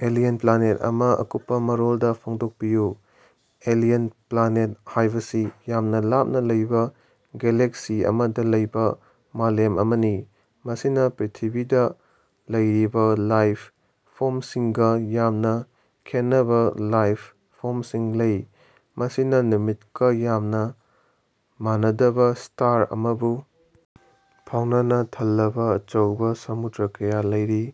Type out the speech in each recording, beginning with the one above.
Alien planet ꯑꯃꯥ ꯑꯀꯨꯞꯄꯥ ꯃꯔꯣꯜꯗꯥ ꯐꯣꯡꯗꯣꯛꯄꯤꯌꯨ꯫ ꯑꯦꯂꯤꯌꯟ ꯄ꯭ꯂꯥꯅꯦꯠ ꯍꯥꯏꯕꯁꯤ ꯌꯥꯝꯅꯥ ꯂꯥꯞꯅꯥ ꯂꯩꯕꯥ ꯒꯦꯂꯦꯛꯁꯤ ꯑꯃꯗꯥ ꯂꯩꯕꯥ ꯃꯥꯂꯦꯝ ꯑꯃꯅꯤ, ꯃꯁꯤꯅꯥ ꯄ꯭ꯔꯤꯊꯤꯕꯤꯗꯥ ꯂꯩꯔꯤꯕꯥ ꯂꯥꯏꯞ ꯐꯣꯝꯁꯤꯡꯒꯥ ꯌꯥꯝꯅꯥ ꯈꯦꯟꯅꯕꯥ ꯂꯥꯏꯞ ꯐꯣꯝꯁꯤꯡ ꯂꯩ, ꯃꯁꯤꯅꯥ ꯅꯨꯃꯤꯠꯀꯥ ꯌꯥꯝꯅꯥ ꯃꯥꯟꯅꯗꯕꯥ ꯁ꯭ꯇꯥꯔ ꯑꯃꯕꯨ ꯐꯥꯎꯅꯥꯅ ꯊꯜꯂꯕꯥ ꯑꯆꯧꯕꯥ ꯁꯃꯨꯗ꯭ꯔ ꯀꯌꯥ ꯂꯩꯔꯤ,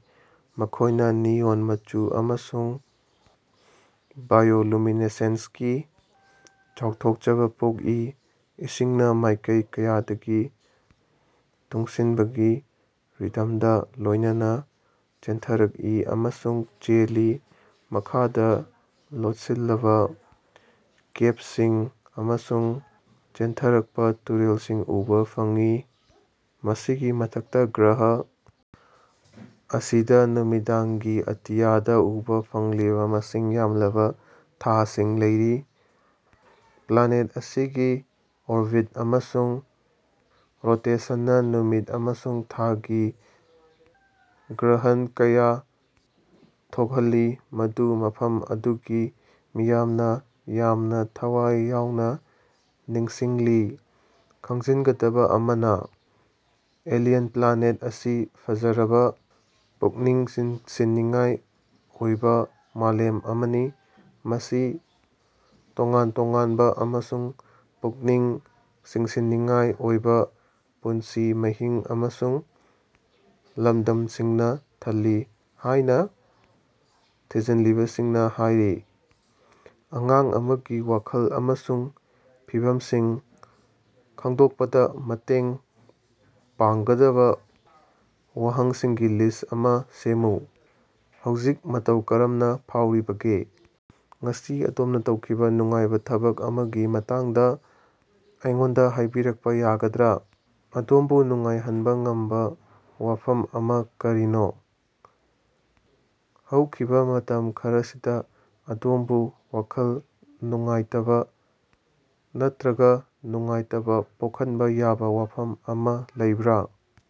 ꯃꯈꯣꯏꯅꯥ ꯅꯤꯑꯣꯟ ꯃꯆꯨ ꯑꯃꯁꯨꯡ ꯕꯥꯏꯑꯣꯂꯨꯃꯤꯅꯦꯁꯦꯟꯁꯀꯤ ꯆꯥꯎꯊꯣꯛꯆꯕꯥ ꯄꯣꯛꯏ꯫ ꯏꯁꯤꯡꯅ ꯃꯥꯏꯀꯩ ꯀꯌꯥꯗꯒꯤ ꯇꯨꯡꯁꯤꯟꯕꯒꯤ ꯔꯤꯗꯝꯒꯥ ꯂꯣꯏꯅꯅꯥ ꯆꯦꯟꯊꯔꯛꯏ ꯑꯃꯁꯨꯡ ꯆꯦꯜꯂꯤ, ꯃꯈꯥꯗꯥ ꯂꯣꯠꯁꯤꯜꯂꯕꯥ ꯀꯦꯞꯁꯤꯡ ꯑꯃꯁꯨꯡ ꯆꯦꯟꯊꯔꯛꯄꯥ ꯇꯨꯔꯦꯜꯁꯤꯡ ꯎꯕꯥ ꯐꯪꯏ꯫ ꯃꯁꯤꯒꯤ ꯃꯊꯛꯇꯥ ꯒ꯭ꯔꯍ ꯑꯁꯤꯗꯥ ꯅꯨꯃꯤꯗꯥꯡꯒꯤ ꯑꯇꯤꯌꯥꯗꯥ ꯎꯕꯥ ꯐꯪꯂꯤꯕꯥ ꯃꯁꯤꯡ ꯌꯥꯝꯂꯕꯥ ꯊꯥꯁꯤꯡ ꯂꯩꯔꯤ꯫ ꯄ꯭ꯂꯥꯅꯦꯠ ꯑꯁꯤꯒꯤ ꯑꯣꯔꯕꯤꯠ ꯑꯃꯁꯨꯡ ꯔꯣꯇꯦꯁꯟꯅꯥ ꯅꯨꯃꯤꯠ ꯑꯃꯁꯨꯡ ꯊꯥꯒꯤ ꯒ꯭ꯔꯍꯟ ꯀꯌꯥ ꯊꯣꯛꯍꯜꯂꯤ ꯃꯗꯨ ꯃꯐꯝ ꯑꯗꯨꯒꯤ ꯃꯤꯌꯥꯝꯅꯥ ꯌꯥꯝꯅꯥ ꯊꯋꯥꯏ ꯌꯥꯎꯅꯥ ꯅꯤꯡꯁꯤꯡꯂꯤ꯫ ꯈꯪꯖꯤꯟꯒꯗꯕꯥ ꯑꯃꯅꯥ, ꯑꯦꯂꯤꯌꯟ ꯄ꯭ꯂꯥꯅꯦꯠ ꯑꯁꯤ ꯐꯖꯔꯕꯥ, ꯄꯨꯛꯅꯤꯡ ꯆꯤꯡꯁꯤꯟꯅꯤꯡꯉꯥꯏ ꯑꯣꯏꯕꯥ ꯃꯥꯂꯦꯝ ꯑꯃꯅꯤ, ꯃꯁꯤ ꯇꯣꯉꯥꯟ ꯇꯣꯉꯥꯟꯕꯥ ꯑꯃꯁꯨꯡ ꯄꯨꯛꯅꯤꯡ ꯆꯤꯡꯁꯤꯟꯅꯤꯡꯉꯥꯏ ꯑꯣꯏꯕꯥ ꯄꯨꯟꯁꯤ ꯃꯍꯤꯡ ꯑꯃꯁꯨꯡ ꯂꯃꯗꯝꯁꯤꯡꯅꯥ ꯊꯜꯂꯤ ꯍꯥꯏꯅꯥ, ꯊꯤꯖꯤꯟꯂꯤꯕꯥꯁꯤꯡꯅꯥ ꯍꯥꯏꯔꯤ꯫ ꯑꯉꯥꯡ ꯑꯃꯒꯤ ꯋꯥꯈꯜ ꯑꯃꯁꯨꯡ ꯐꯤꯚꯝꯁꯤꯡ ꯈꯪꯗꯣꯛꯄꯗꯥ ꯃꯇꯦꯡ ꯄꯥꯡꯒꯗꯕꯥ ꯋꯥꯍꯪꯁꯤꯡꯒꯤ ꯂꯤꯁ ꯑꯃꯥ ꯁꯦꯝꯃꯨ꯫ ꯍꯧꯖꯤꯛ ꯃꯇꯧ ꯀꯔꯝꯅꯥ ꯐꯥꯎꯔꯤꯕꯒꯦ? ꯉꯁꯤ ꯑꯗꯣꯝꯅꯥ ꯇꯧꯈꯤꯕꯥ ꯅꯨꯡꯉꯥꯏꯕꯥ ꯊꯕꯛ ꯑꯃꯒꯤ ꯃꯇꯥꯡꯗꯥ ꯑꯩꯉꯣꯟꯗꯥ ꯍꯥꯏꯕꯤꯔꯛꯄꯥ ꯌꯥꯒꯗ꯭ꯔꯥ? ꯑꯗꯣꯝꯕꯨ ꯅꯨꯡꯉꯥꯏꯍꯟꯕꯥ ꯉꯝꯕꯥ ꯋꯥꯐꯝ ꯑꯃꯥ ꯀꯔꯤꯅꯣ? ꯍꯧꯈꯤꯕꯥ ꯃꯇꯝ ꯈꯔꯁꯤꯗꯥ ꯑꯗꯣꯝꯕꯨ ꯋꯥꯈꯜ ꯅꯨꯡꯉꯥꯏꯇꯕꯥ ꯅꯠꯇ꯭ꯔꯒꯥ ꯅꯨꯡꯉꯥꯏꯇꯕꯥ ꯄꯣꯛꯍꯟꯕꯥ ꯌꯥꯕꯥ ꯋꯥꯐꯝ ꯑꯃꯥ ꯂꯩꯕꯔꯥ?